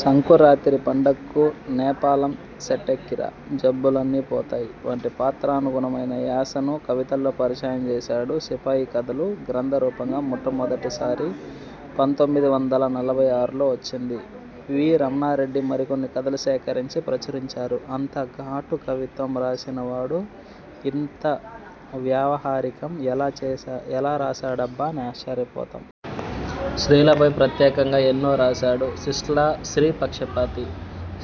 సంకురాతిరి పండక్కు నేపాళం సెట్టెక్కిరా! జబ్బులన్నీ పోతాయి! వంటి పాత్రాను గుణమైన యాసను కవితల్లో పరిచయం చేశాడు. సిపాయి కథలు గ్రంథ రూపంగా మొట్టమొదటి సారి పంతొమ్మిది వందల నలభై ఆరులో వచ్చింది. వి. రమణా రెడ్డి మరికొన్ని కథలు సేకరించి ప్రచురించారు. అంత ఘాటు కవిత్వం రాసిన వాడు ఇంత వ్యావహారికం ఎలా చేశా రాశాడబ్బా అని ఆశ్చర్య పోతాం. స్త్రీల పై ప్రత్యేకంగా ఎన్నో రాశాడు. శిష్ట్లా స్త్రీ పక్షపాతి.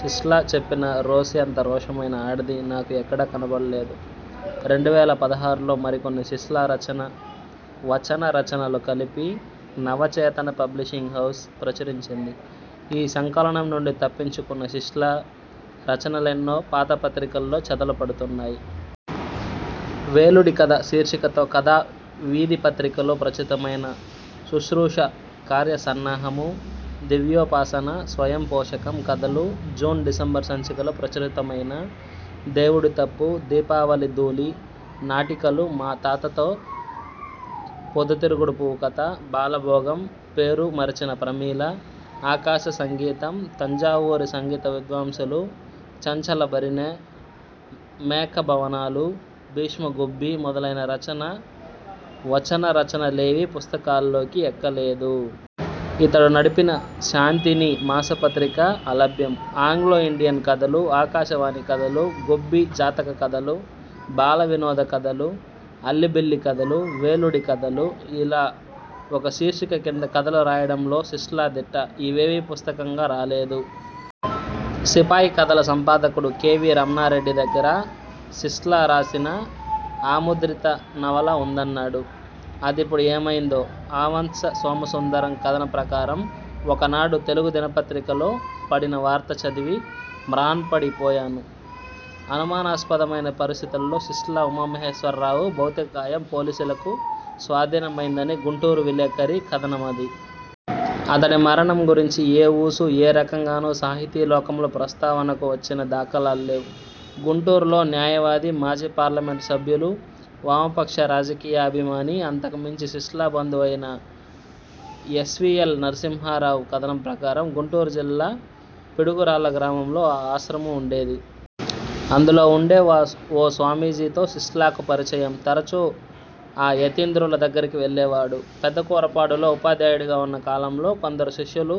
శిష్ట్లా చెప్పిన రోసి అంత రోషమైన ఆడది నాకు ఎక్కడా కనపళ్ళేదు. రెండు వేల పదహారులో మరికొన్ని శిష్ట్లా రచన వచన రచనలు కలిపి నవ చేతన పబ్లిషింగ్ హౌస్ ప్రచురించింది. ఈ సంకలనం నుండి తప్పించు కున్న శిష్ట్లా రచన లెన్నో పాత పత్రికల్లో చెదలు పడుతున్నాయ్. వేలుడికథ శీర్షికతో కథా వీథి పత్రిక లో ప్రచురితమైన శుశ్రూష, కార్యసన్నాహము, దివ్యోపాసన, స్వయం పోషకం కథలు జూన్, డిశంబర్ సంచికలో ప్రచురితమైన దేవుడి తప్పు, దీపావళి ధూళి నాటికలు మాతాతతో, పొద్దు తిరుగుడు పువ్వు కథ, బాల భోగం, పేరు మరిచిన ప్రమీళ, ఆకాశసంగీతం, తంజావూరి సంగీత విద్వాంసులు, చంచల బరిణె, మేఖ భవనాలు, భీష్మగొబ్బి మొదలైన రచన వచన రచనలేవీ పుస్తకాల్లోకి ఎక్కలేదు. ఇతడు నడిపిన 'శాంతిని' మాస పత్రిక అలభ్యం. ఆంగ్లో ఇండియన్ కథలు, ఆకాశ వాణి కథలు, గొబ్బి జాతక కథలు, బాల వినోద కథలు, అల్లిబిల్లి కథలు, వేలుడి కథలు ఇలా ఒక శీర్షిక కింద కథలు రాయడంలో శిష్ట్లా దిట్ట. ఇవేవీ పుస్తకంగా రాలేదు. సిపాయి కథల సంపాదకుడు కె. వి. రమణారెడ్డి దగ్గర శిష్ ట్లా రాసిన అముద్రిత నవల ఉందన్నాడు. అదిప్పుడు ఏమైందో. ఆవంత్స సోమ సుందర్ కథనం ప్రకారం ఒకనాడు తెలుగు దిన పత్రికలో పడిన వార్త చదివి మ్రాన్పడి పోయాను. అనుమానాస్పదమైన పరిస్థితులలో శిష్ట్లా ఉమామహేశ్వర రావు భౌతిక కాయం పోలీసులకు స్వాధీన మైందని గుంటూరు విలేఖరి కథనమది. అతడి మరణం గురించి ఏ ఊసూ, ఏరకంగానూ సాహితీ లోకంలో ప్రస్తావనకు వచ్చిన దాఖలాల్లేవ్. గుంటూరులో న్యాయ వాది, మాజీ పార్లమెంట్ సభ్యులు, వామపక్ష రాజకీ యాభిమాని, అంతకు మించి శిష్ట్లా బంధువు అయిన ఎస్వీఎల్ నరసింహా రావు కథనం ప్రకారం, గుంటూరు జిల్లా పిడుగు రాళ్ళ గ్రామంలో ఓ ఆశ్రమం ఉండేది. అందులో వుండే ఓ స్వామీజీతో శిష్ట్లాకు పరిచయం. తరచూ ఆ యతీంద్రుల దగ్గరికి వెళ్ళేవాడు. పెద్ద కూరపాడు లో ఉపాధ్యాయుడిగా ఉన్న కాలంలో కొందరు శిష్యులు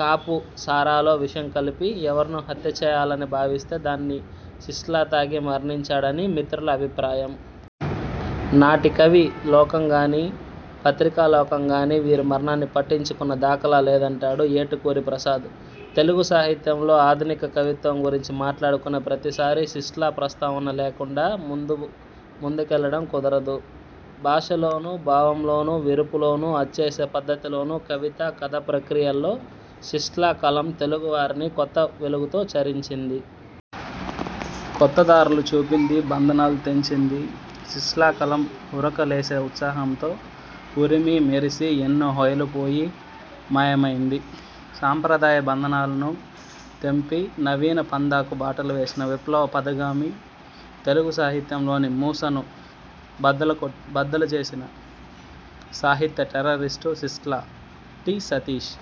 కాపు సారాలో విషం కలిపి ఎవరినో హత్య చెయ్యాలని భావిస్తే దాన్ని శిష్ట్లా తాగి మరణించాడని మిత్రుల అభిప్రాయం. నాటి కవి లోకం కానీ, పత్రికా లోకం కానీ వీరి మరణాన్ని పట్టించుకొన్న దాఖలా లేదం టాడు ఏటుకూరి ప్రసాద్. తెలుగు సాహిత్యంలో ఆధునిక కవిత్వం గురించి మాట్లాడుకున ప్రతిసారీ శిష్ట్లా ప్రస్తావన లేకండా ముందుకు ముందు కెళ్లడం కుదరదు. భాషలోనూ, భావం లోనూ, విరుపు లోనూ, అచ్చేసే పద్ధతి లోనూ కవిత, కథ ప్రక్రియల్లో శిష్ట్లా కలం తెలుగు వారిని కొత్త వెలుగుతో చరిచింది. కొత్త దారులు చూపింది. బంధనాలు తెంచింది. శిష్ట్లా కలం ఉరక లేసే ఉత్సాహంతో ఉరిమి, మెరిసి, ఎన్నో హొయలు పోయి, మాయమైంది. సంప్రదాయ బంధనాలను తెంపి నవీన పంథాకు బాటలు వేసిన విప్లవ పథగామి, తెలుగు సాహిత్యంలోని మూసను బద్దలు చేసిన సాహిత్య టెర్రరిస్టు శిష్ట్లా. టి. సతీశ్